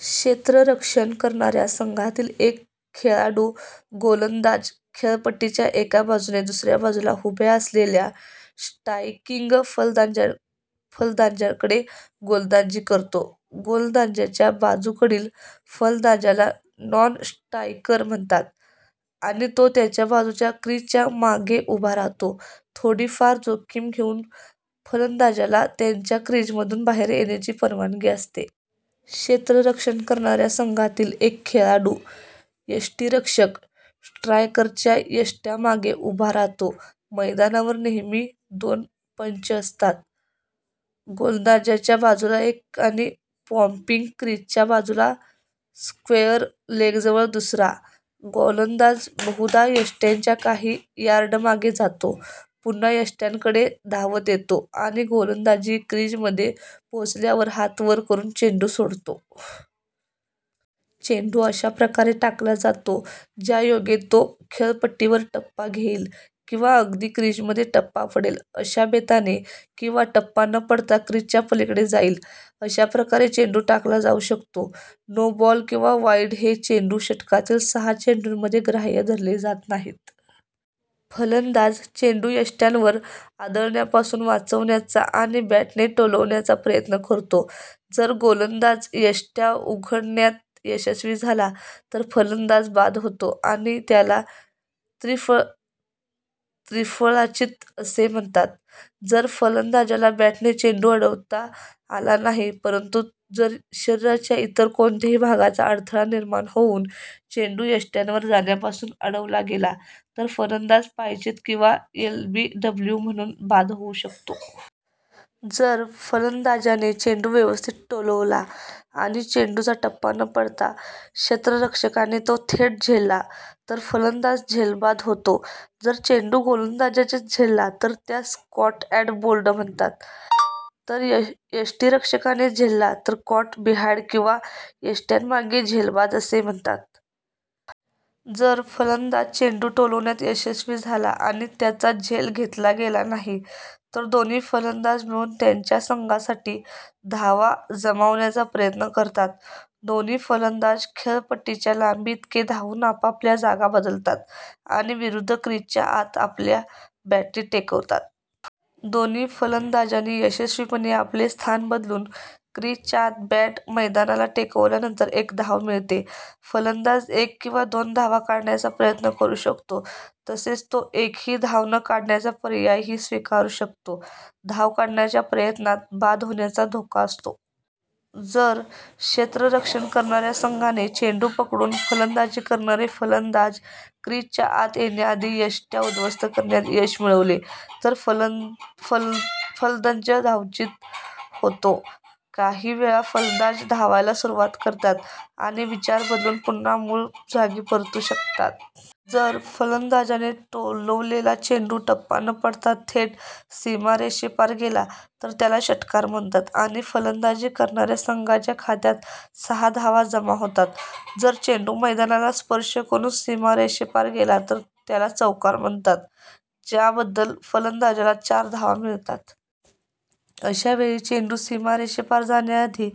क्षेत्ररक्षण करणाऱ्या संघातील एक खेळाडू गोलंदाज, खेळपट्टीच्या एका बाजूने दुसऱ्या बाजूला उभ्या असलेल्या स्ट्राईकिंग फलंदाजाकडे गोलंदाजी करतो. गोलंदाजाच्या बाजूकडील फलंदाजाला नॉन-स्ट्राईकर म्हणतात, आणि तो त्याच्या बाजूच्या क्रिजच्या मागे उभा राहतो. थोडी फार जोखीम घेऊन, फलंदाजाला त्यांच्या क्रिजमधून बाहेर येण्याची परवानगी असते. क्षेत्ररक्षण करणाऱ्या संघातील एक खेळाडू, यष्टिरक्षक, स्ट्रायकरच्या यष्ट्यांमागे उभा राहतो. मैदानावर नेहमी दोन पंच असतात. गोलंदाजाच्या बाजूला एक आणि पॉपिंग क्रिजच्या बाजूला स्क्वेअर लेगजवळ दुसरा. गोलंदाज बहुधा यष्ट्यांच्या काही यार्ड मागे जातो, पुन्हा यष्ट्यांकडे धावत येतो आणि गोलंदाजी क्रिज मध्ये पोहोचल्यावर हात वर करून चेंडू सोडतो. चेंडू अशा प्रकारे टाकला जातो, ज्यायोगे तो खेळपट्टीवर टप्पा घेईल किंवा अगदी क्रिजमध्ये टप्पा पडेल अशा बेताने, किंवा टप्पा न पडता क्रिजच्या पलीकडे जाईल, अशा प्रकारे चेंडू टाकला जाऊ शकतो. नो बॉल किंवा वाईड हे चेंडू षटकातील सहा चेंडूंमध्ये ग्राह्य धरले जात नाहीत. फलंदाज चेंडू यष्ट्यांवर आदळण्यापासून वाचवण्याचा आणि बॅटने टोलवण्याचा प्रयत्न करतो. जर गोलंदाज, यष्ट्या उखडण्यात यशस्वी झाला तर फलंदाज बाद होतो आणि त्याला त्रिफळाचीत असे म्हणतात. जर फलंदाजाला बॅटने चेंडू अडवता आला नाही, परंतु जर शरीराच्या इतर कोणत्याही भागाचा अडथळा निर्माण होऊन, चेंडू यष्ट्यांवर जाण्यापासून अडवला गेला तर फलंदाज पायचीत, किंवा "एलबीडब्लू" म्हणून बाद होऊ शकतो. जर फलंदाजाने चेंडू व्यवस्थित टोलवला आणि चेंडूचा टप्पा न पडता क्षेत्ररक्षकाने तो थेट झेलला तर फलंदाज झेलबाद होतो. जर चेंडू गोलंदाजाचेच झेलला तर त्यास कॉट अँड बोल्ड म्हणतात; तर यष्टिरक्षकाने झेलला तर, कॉट बिहाईंड किंवा यष्ट्यांमागे झेलबाद असे म्हणतात. जर फलंदाज चेंडू टोलवण्यात यशस्वी झाला आणि त्याचा झेल घेतला गेला नाही, तर दोन्ही फलंदाज मिळून त्यांच्या संघासाठी धावा जमावण्याचा प्रयत्न करतात. दोन्ही फलंदाज खेळपट्टीच्या लांबीइतके धावून आपापल्या जागा बदलतात आणि विरुद्ध क्रिजच्या आत आपल्या बॅटी टेकवतात. दोन्ही फलंदाजांनी यशस्वीपणे आपले स्थान बदलून, क्रिजच्या आत बॅट मैदानाला टेकवल्यानंतर एक धाव मिळते. फलंदाज एक किंवा दोन धावा काढण्याचा प्रयत्न करू शकतो तसेच तो एकही धाव न काढण्याचा पर्यायही स्वीकारू शकतो. धाव काढण्याच्या प्रयत्नात बाद होण्याचा धोका असतो. जर क्षेत्ररक्षण करणाऱ्या संघाने चेंडू पकडून फलंदाजी करणारे फलंदाज क्रिजच्या आत येण्याआधी यष्ट्या उद्ध्वस्त करण्यात यश मिळवले, तर फलंदज धावचीत होतो. काही वेळा फलंदाज धावायला सुरुवात करतात, आणि विचार बदलून पुन्हा मूळ जागी परतू शकतात. जर फलंदाजाने टोलवलेला चेंडू टप्पा न पडता थेट सीमारेषेपार गेला तर त्याला षट्कार म्हणतात, आणि फलंदाजी करणाऱ्या संघाच्या खात्यात सहा धावा जमा होतात. जर चेंडू मैदानाला स्पर्श करून सीमारेषेपार गेला तर त्याला चौकार म्हणतात, ज्याबद्दल फलंदाजाला चार धावा मिळतात. अशा वेळी चेंडू सीमारेषेपार जाण्याआधी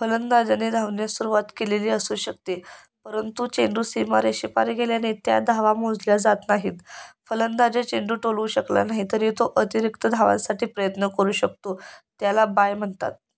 फलंदाजाने धावण्यास सुरुवात केलेली असू शकते, परंतु चेंडू सीमारेषेपार गेल्याने, त्या धावा मोजल्या जात नाहीत. फलंदाजा चेंडू टोलवू शकला नाही तरीही तो अतिरिक्त धावांसाठी प्रयत्न करू शकतो: त्याला बाय म्हणतात.